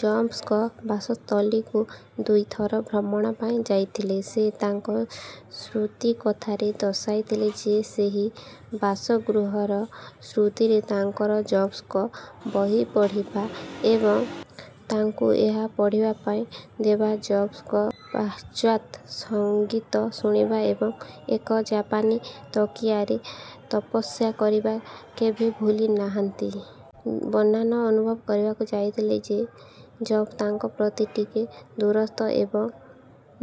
ଜବ୍ସଙ୍କ ବାସସ୍ଥଲିକୁ ଦୁଇ ଥର ଭ୍ରମଣ ପାଇଁ ଯାଇଥିଲେ। ସେ ତାଙ୍କ ସ୍ମୃତିକଥାରେ ଦର୍ଶାଇଥିଲେ ଯେସେହି ବାସଗୃହର ସ୍ମୃତିରେ ତାଙ୍କର ଜବ୍ସଙ୍କ ବହିପଢ଼ିବା ଏବଂ ତାଙ୍କୁ ଏହା ପଢ଼ିବା ପାଇଁ ଦେବାଜବ୍ସଙ୍କ ପାଶ୍ଚାତ୍ ସଂଗୀତ ଶୁଣିବାଏବଂ ଏକ ଜାପାନୀ ତକିଆରେ ତପସ୍ୟା କରିବା କେବେ ଭୁଲି ନାହାନ୍ତି। ବର୍ନାନ ଅନୁଭବ କରିବାକୁ ଯାଇଥିଲେ ଯେ ଜବ୍ସ ତାଙ୍କ ପ୍ରତି ଟିକେ ଦୁରସ୍ଥ ଏବଂ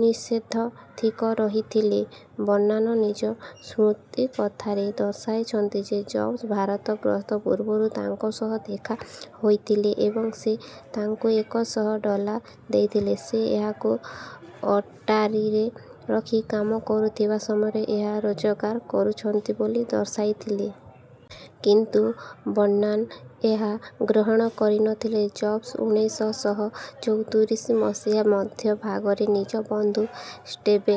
ନିଷେଧଥିକ ରହିଥିଲେ। ବର୍ନାନ ନିଜ ସ୍ମୃତିକଥାରେ ଦର୍ଶାଇଛନ୍ତି ଯେ ଜବ୍ସ ଭାରତ ଗ୍ରସ୍ତ ପୂର୍ବରୁ ତାଙ୍କ ସହ ଦେଖା ହୋଇଥିଲେ ଏବଂ ସେ ତାଙ୍କୁ ଏକ ଶହ ଡଲାର୍ ଦେଇଥିଲେ ସେ ଏହାକୁ ଅଟାରୀରେ ରହି କାମ କରୁୁଥିବା ସମୟରେ ଏହା ରୋଜଗାର କରୁଛନ୍ତି ବୋଲି ଦର୍ଶାଇ ଥିଲେ। କିନ୍ତୁ ବର୍ନାନ ଏହା ଗ୍ରହଣ କରିନଥିଲେ। ଜବ୍ସ ଉଣେଇଶ ଶହ ଚଉସ୍ତରୀ ମସିହା ମଧ୍ୟଭାଗରେ ନିଜ ବନ୍ଧୁ ଷ୍ଟେବେ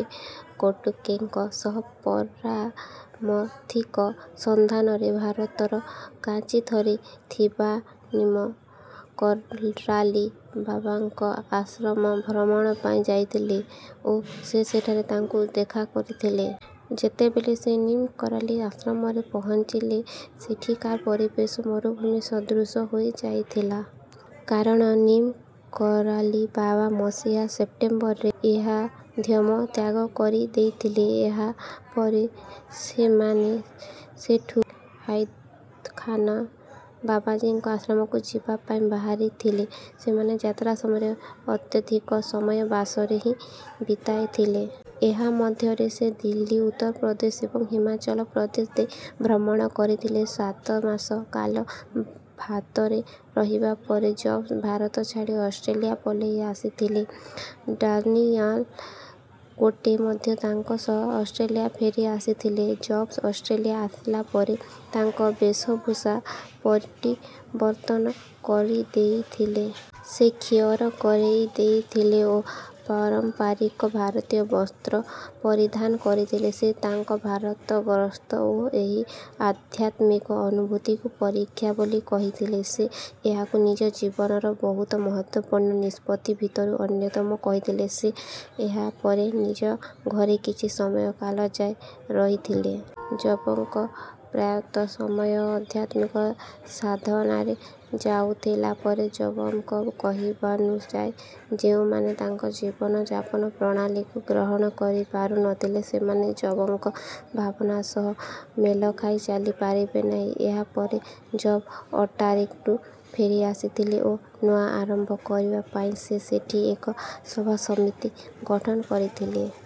କଟୋକେଙ୍କ ସହ ପରାମର୍ଥିକ ସନ୍ଧାନରେ ଭାରତର କାଁଚି ଥରେ ଥିବାନିମ କରାଲି ବାବାଙ୍କ ଆଶ୍ରମ ଭ୍ରମଣ ପାଇଁ ଯାଇଥିଲେ ଓ ସେ ସେଠାରେ ତାଙ୍କୁ ଦେଖା କରିଥିଲେ। ଯେତେବେଳେ ସେ ନିମ କରାଳି ଆଶ୍ରମରେ ପହଁଚିଲେସେଠାକାର ପରିବେଶ ମରୁଭୂମି ସଦୃଶ୍ୟ ହୋଇ ଯାଇଥିଲା। କାରଣ ନିମ୍ କରାଳି ବାବା ମସିହା ସେପ୍ଟେମ୍ବରରେ ଇହାଧ୍ୟମ ତ୍ୟାଗ କରି ଦେଇଥିଲେ। ଏହା ପରେ ସେମାନେ ସେଠୁ ହାଇଦଖାନ ବାବାଜିଙ୍କ ଆଶ୍ରମକୁ ଯିବା ପାଇଁ ବାହାରି ଥିଲେ। ସେମାନେ ଯାତ୍ରା ସମୟର ଅତ୍ୟଧିକ ସମୟ ବାସରେ ହିଁ ବିତାଇ ଥିଲେ। ଏହି ମଧ୍ୟରେ ସେ ଦିଲ୍ଲୀ ଉତ୍ତରପ୍ରଦେଶଏବଂ ହିମାଚଲ ପ୍ରଦେଶ ଦେଇ ଭ୍ରମଣ କରିଥିଲେ। ସାତମାସ କାଲ ଭାତରେ ରହିବା ପରେ ଜବ୍ସ ଭାରତ ଛାଡି ଅଷ୍ଟ୍ରେଲିଆ ପଲେଇ ଆସିଥିଲେ। ଡାନିଆଲ କୋଟେ ମଧ୍ୟ ତାଙ୍କ ସହ ଅଷ୍ଟ୍ରେଲିଆ ଫେରି ଆସିଥିଲେ। ଜବ୍ସ ଅଷ୍ଟ୍ରେଲିଆ ଆସିଲା ପରେ ତାଙ୍କ ବେଶଭୂଷା ପଡ଼ିବର୍ତନ କରିଦେଇଥିଲେ। ସେ ଖିଅର କରେଇ ହେଇଥିଲେ ଓ ପାରମ୍ପରିକ ଭାରତୀୟ ବସ୍ତ୍ର ପରିଧାନ କରିଥିଲେ। ସେ ତାଙ୍କ ଭାରତ ଗ୍ରସ୍ତ ଓ ଏହି ଆଧ୍ୟାତ୍ମିକ ଅନୁଭୁତିକୁ ପରୀକ୍ଷା ବୋଲି କହିଥିଲେ। ସେ ଏହାକୁ ନିଜ ଜୀବନର ବହୁତ ମହତ୍ତ୍ୱପୂର୍ଣ୍ଣ ନିଷ୍ପତି ଭିତରୁୁ ଅନ୍ୟତମ କହିଥିଲେ। ସେ ଏହା ପରେ ନିଜ ଘରେ କିଛି ସମୟକାଲ ଯାଏଁ ରହିଥିଲେ। ଜବଙ୍କ ପ୍ରାୟତଃ ସମୟ ଆଧ୍ୟାତ୍ମିକ ସାଧନାରେ ଯାଉଥିଲା ପରେ ଜବଙ୍କ କହିବନୁଯାଇଯେଉଁମାନେ ତାଙ୍କ ଜୀବନ ଯାପନ ପ୍ରଣାଳୀକୁ ଗ୍ରହଣ କରିପାରୁ ନଥିଲେ ସେମାନେ ଜବଙ୍କ ଭାବନା ସହ ମେଳଖାଇ ଚାଲି ପାରିବେ ନାହିଁ। ଏହା ପରେ ଜବ ଅଟାରୀକୁ ଫେରି ଆସିଥିଲେ ଓ ନୂଆ ଆରମ୍ଭ କରିବା ପାଇଁ ସେ ସେଠୀ ଏକ ସଭାସମିତି ଗଠନ କରିଥିଲେ।